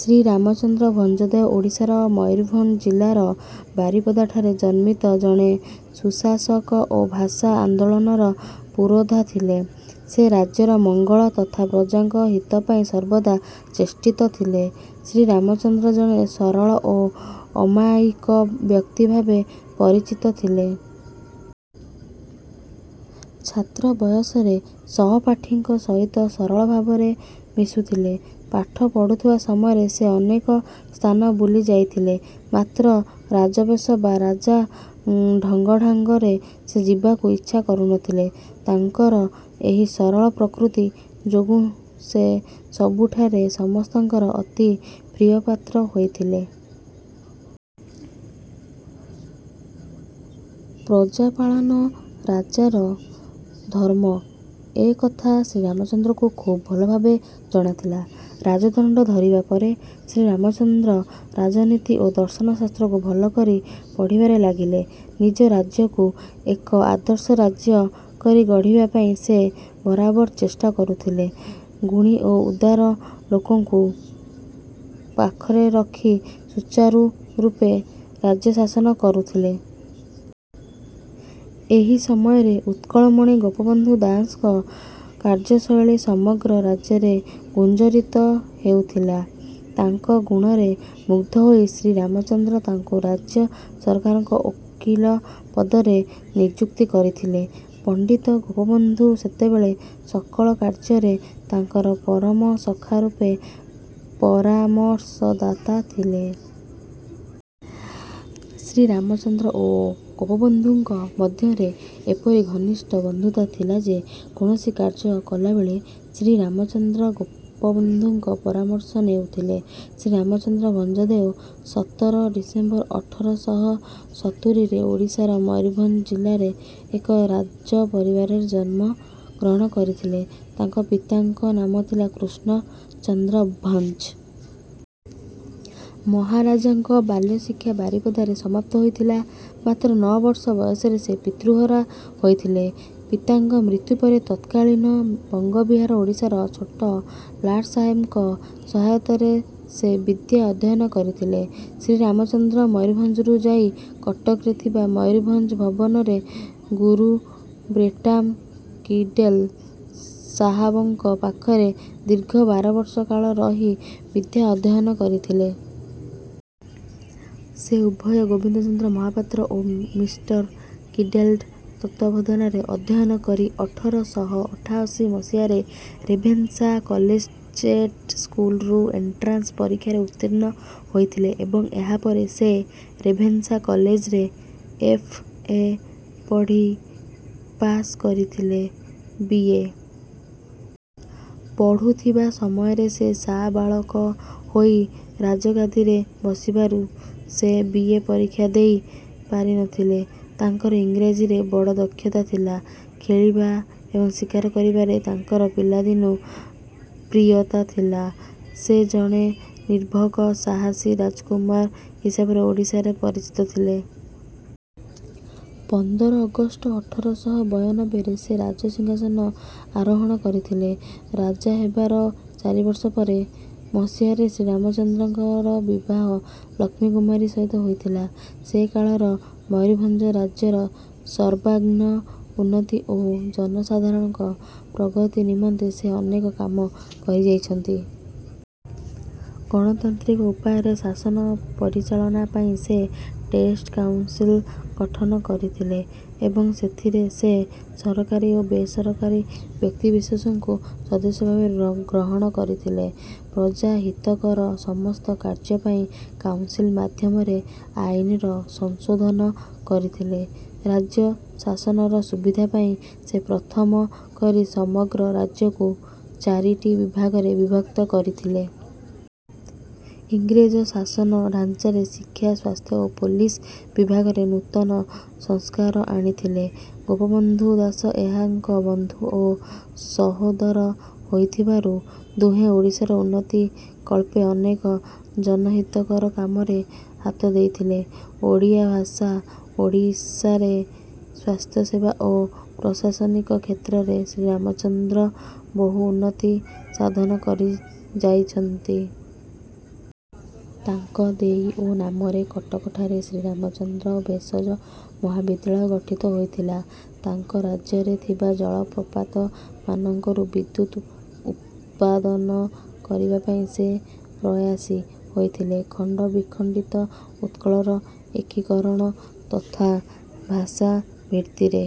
ଶ୍ରୀରାମ ଚନ୍ଦ୍ର ଭଞ୍ଜଦେଓ ଓଡ଼ିଶାର ମୟୂରଭଞ୍ଜ ଜିଲ୍ଲାର ବାରିପଦାଠାରେ ଜନ୍ମିତ ଜଣେ ସୁଶାସକ ଓ ଭାଷା ଆନ୍ଦୋଳନର ପୁରୋଧା ଥିଲେ। ସେ ରାଜ୍ୟର ମଙ୍ଗଳ ତଥା ପ୍ରଜାଙ୍କ ହିତ ପାଇଁ ସର୍ବଦା ଚେଷ୍ଟିତ ଥିଲେ। ଶ୍ରୀରାମଚନ୍ଦ୍ର ଜଣେ ସରଳ ଓ ଅମାୟିକ ବ୍ୟକ୍ତି ଭାବେ ପରିଚିତ ଥିଲେ। ଛାତ୍ର ବୟସରେ ସହପାଠୀଙ୍କ ସହିତ ସରଳ ଭାବରେ ମିଶୁଥିଲେ। ପାଠ ପଢୁଥିବା ସମୟରେ ସେ ଅନେକ ସ୍ଥାନ ବୁଲି ଯାଇଥିଲେ। ମାତ୍ର ରାଜବେଶ ବା ରାଜ ଢଙ୍ଗଢାଙ୍ଗରେ ସେ ଯିବାକୁ ଇଚ୍ଛା କରୁନଥିଲେ। ତାଙ୍କର ଏହି ସରଳ ପ୍ରକୃତି ଯୋଗୁଁ ସେ ସବୁଠାରେ ସମସ୍ତଙ୍କର ଅତି ପ୍ରିୟପାତ୍ର ହୋଇଥିଲେ। ପ୍ରଜା ପାଳନ ରାଜାର ଧର୍ମ ଏ କଥା ଶ୍ରୀରାମଚନ୍ଦ୍ରଙ୍କୁ ଖୁବ୍ ଭଲଭାବେ ଜଣାଥିଲା। ରାଜଦଣ୍ଡ ଧରିବା ପରେ ଶ୍ରୀରାମଚନ୍ଦ୍ର ରାଜନୀତି ଓ ଦର୍ଶନଶାସ୍ତ୍ରକୁ ଭଲକରି ପଢ଼ିବାରେ ଲାଗିଲେ। ନିଜ ରାଜ୍ୟକୁ ଏକ ଆଦର୍ଶ ରାଜ୍ୟ କରି ଗଢ଼ିବା ପାଇଁ ସେ ବରାବର ଚେଷ୍ଟା କରୁଥିଲେ। ଗୁଣି ଓ ଉଦାର ଲୋକଙ୍କୁ ପାଖରେ ରଖି ସୁଚାରୁ ରୂପେ ରାଜ୍ୟ ଶାସନ କରୁଥିଲେ। ଏହି ସମୟରେ ଉତ୍କଳମଣି ଗୋପବନ୍ଧୁ ଦାସଙ୍କ କାର୍ଯ୍ୟଶୈଳୀ ସମଗ୍ର ରାଜ୍ୟରେ ଗୁଞ୍ଜରିତ ହେଉଥିଲା। ତାଙ୍କ ଗୁଣରେ ମୁଗ୍ଧ ହୋଇ ଶ୍ରୀରାମଚନ୍ଦ୍ର ତାଙ୍କୁ ରାଜ୍ୟ ସରକାରଙ୍କ ଓକିଲ ପଦରେ ନିଯୁକ୍ତି କରିଥିଲେ। ପଣ୍ଡିତ ଗୋପବନ୍ଧୁ ସେତେବେଳେ ସକଳ କାର୍ଯ୍ୟରେ ତାଙ୍କର ପରମ ସଖା ରୂପେ ପରାମର୍ଶଦାତା ଥିଲେ। ଶ୍ରୀରାମଚନ୍ଦ୍ର ଓ ଗୋପବନ୍ଧୁଙ୍କ ମଧ୍ୟରେ ଏପରି ଘନିଷ୍ଠ ବନ୍ଧୁତା ଥିଲାଯେ କୌଣସି କାର୍ଯ୍ୟ କଲାବେଳେ ଶ୍ରୀରାମଚନ୍ଦ୍ର ଗୋପବନ୍ଧୁଙ୍କ ପରାମର୍ଶ ନେଉଥିଲେ। ଶ୍ରୀରାମ ଚନ୍ଦ୍ର ଭଞ୍ଜଦେଓ ସତର ଡିସେମ୍ବର ଅଠର ଶହ ସତୁରିରେ ଓଡ଼ିଶାର ମୟୂରଭଞ୍ଜ ଜିଲ୍ଲାରେ ଏକ ରାଜ ପରିବାରରେ ଜନ୍ମ ଗ୍ରହଣ କରିଥିଲେ। ତାଙ୍କ ପିତାଙ୍କ ନାମ ଥିଲା କୃଷ୍ଣଚନ୍ଦ୍ର ଭଞ୍ଜ। ମହାରାଜାଙ୍କ ବାଲ୍ୟଶିକ୍ଷା ବାରିପଦାରେ ସମାପ୍ତ ହୋଇଥିଲା। ମାତ୍ର ନଅ ବର୍ଷ ବୟସରେ ସେ ପିତୃହରା ହୋଇଥିଲେ। ପିତାଙ୍କ ମୃତ୍ୟୁ ପରେ ତତ୍କାଳୀନ ବଙ୍ଗବିହାରଓଡ଼ିଶାର ଛୋଟ ଲାଟସାହେବଙ୍କ ସହାୟତାରେ ସେ ବିଦ୍ୟା ଅଧ୍ୟୟନ କରିଥିଲେ। ଶ୍ରୀରାମଚନ୍ଦ୍ର ମୟୂରଭଞ୍ଜରୁ ଯାଇ କଟକରେ ଥିବା ମୟୂରଭଞ୍ଜ ଭବନରେ ଗୁରୁ ବ୍ରେଟାମ୍ କିଡ଼େଲ୍ ସାହାବଙ୍କ ପାଖରେ ଦୀର୍ଘ ବାରବର୍ଷ କାଳ ରହି ବିଦ୍ୟା ଅଧ୍ୟୟନ କରିଥିଲେ। ସେ ଉଭୟ ଗୋବିନ୍ଦଚନ୍ଦ୍ର ମହାପାତ୍ର ଓ ମିଷ୍ଟର କିଡେଲଙ୍କ ତତ୍ତ୍ୱାବଧାନରେ ଅଧ୍ୟୟନ କରି ଅଠର ଶହ ଅଠାଅଶୀ ମସିହାରେ ରେଭେନ୍ସା କଲେଜିଏଟ୍ ସ୍କୁଲରୁ ଏଣ୍ଟ୍ରାନ୍ସ ପରୀକ୍ଷାରେ ଉତ୍ତୀର୍ଣ୍ଣ ହୋଇଥିଲେ ଏବଂ ଏହାପରେ ସେ ରେଭେନ୍ସା କଲେଜରେ ଏଫ. ଏ. ପଢ଼ି ପାଶ୍ କରିଥିଲେ। ବି. ଏ. ପଢ଼ୁଥିବା ସମୟରେ ସେ ସାବାଳକ ହୋଇ ରାଜଗାଦିରେ ବସିବାରୁ ସେ ବି. ଏ. ପରୀକ୍ଷା ଦେଇ ପାରିନଥିଲେ। ତାଙ୍କର ଇଂରାଜୀରେ ବଡ଼ ଦକ୍ଷତା ଥିଲା ଖେଳିବା ଏବଂ ଶିକାର କରିବାରେ ତାଙ୍କର ପିଲାଦିନୁ ପ୍ରିୟତା ଥିଲା। ସେ ଜଣେ ନିର୍ଭୀକ ସାହସୀ ରାଜକୁମାର ହିସାବରେ ଓଡ଼ିଶାରେ ପରିଚିତ ଥିଲେ। ପନ୍ଦର ଅଗଷ୍ଟ ଅଠର ଶହ ବୟନବେରେ ସେ ରାଜ ସିଂହାସନ ଆରୋହଣ କରିଥିଲେ। ରାଜା ହେବାର ଚାରିବର୍ଷ ପରେ ମସିହାରେ ଶ୍ରୀରାମଚନ୍ଦ୍ରଙ୍କର ବିବାହ ଲକ୍ଷ୍ମୀ କୁମାରୀଙ୍କ ସହିତ ହୋଇଥିଲା। ସେକାଳର ମୟୂରଭଞ୍ଜ ରାଜ୍ୟର ସର୍ବାଙ୍ଗ ଉନ୍ନତି ଓ ଜନସାଧାରଣଙ୍କ ପ୍ରଗତି ନିମନ୍ତେ ସେ ଅନେକ କାମ କରିଯାଇଛନ୍ତି। ଗଣତାନ୍ତ୍ରିକ ଉପାୟରେ ଶାସନ ପରିଚାଳନା ପାଇଁ ସେ ଷ୍ଟେଟ୍ କାଉନ୍ସିଲ୍ ଗଠନ କରିଥିଲେ ଏବଂ ସେଥିରେ ସେ ସରକାରୀ ଓ ବେସରକାରୀ ବ୍ୟକ୍ତିବିଶେଷଙ୍କୁ ସଦସ୍ୟଭାବେ ଗ୍ରହଣ କରିଥିଲେ। ପ୍ରଜା ହିତକର ସମସ୍ତ କାର୍ଯ୍ୟ ପାଇଁ କାଉନ୍ସିଲ୍ ମାଧ୍ୟମରେ ଆଇନର ସଂଶୋଧନ କରିଥିଲେ। ରାଜ୍ୟ ଶାସନର ସୁବିଧା ପାଇଁ ସେ ପ୍ରଥମ କରି ସମଗ୍ର ରାଜ୍ୟକୁ ଚାରିଟି ବିଭାଗରେ ବିଭକ୍ତ କରିଥିଲେ। ଇଂରେଜ ଶାସନ ଢ଼ାଞ୍ଚାରେ ଶିକ୍ଷା ସ୍ୱାସ୍ଥ୍ୟ ଓ ପୋଲିସ୍ ବିଭାଗରେ ନୂତନ ସଂସ୍କାର ଆଣିଥିଲେ। ଗୋପବନ୍ଧୁ ଦାସ ଏହାଙ୍କ ବନ୍ଧୁ ଓ ସହୋଦର ହୋଇଥିବାରୁ ଦୁହେଁ ଓଡ଼ିଶାର ଉନ୍ନତି କଳ୍ପେ ଅନେକ ଜନହିତକର କାମରେ ହାତ ଦେଇଥିଲେ। ଓଡ଼ିଆ ଭାଷା ଓଡ଼ିଶାରେ ସ୍ୱାସ୍ଥ୍ୟସେବା ଓ ପ୍ରଶାସନିକ କ୍ଷେତ୍ରରେ ଶ୍ରୀରାମ ଚନ୍ଦ୍ର ବହୁ ଉନ୍ନତି ସାଧନ କରିଯାଇଛନ୍ତି। ତାଙ୍କ ଦେଇ ଓ ନାମରେ କଟକଠାରେ ଶ୍ରୀରାମଚନ୍ଦ୍ର ଭେଷଜ ମହାବିଦ୍ୟାଳୟ ଗଠିତ ହୋଇଥିଲା। ତାଙ୍କ ରାଜ୍ୟରେ ଥିବା ଜଳପ୍ରପାତମାନଙ୍କରୁ ବିଦ୍ୟୁତ୍ ଉତ୍ପାଦନ କରିବା ପାଇଁ ସେ ପ୍ରୟାସୀ ହୋଇଥିଲେ। ଖଣ୍ଡବିଖଣ୍ଡିତ ଉତ୍କଳର ଏକୀକରଣ ତଥା ଭାଷାଭିତ୍ତିରେ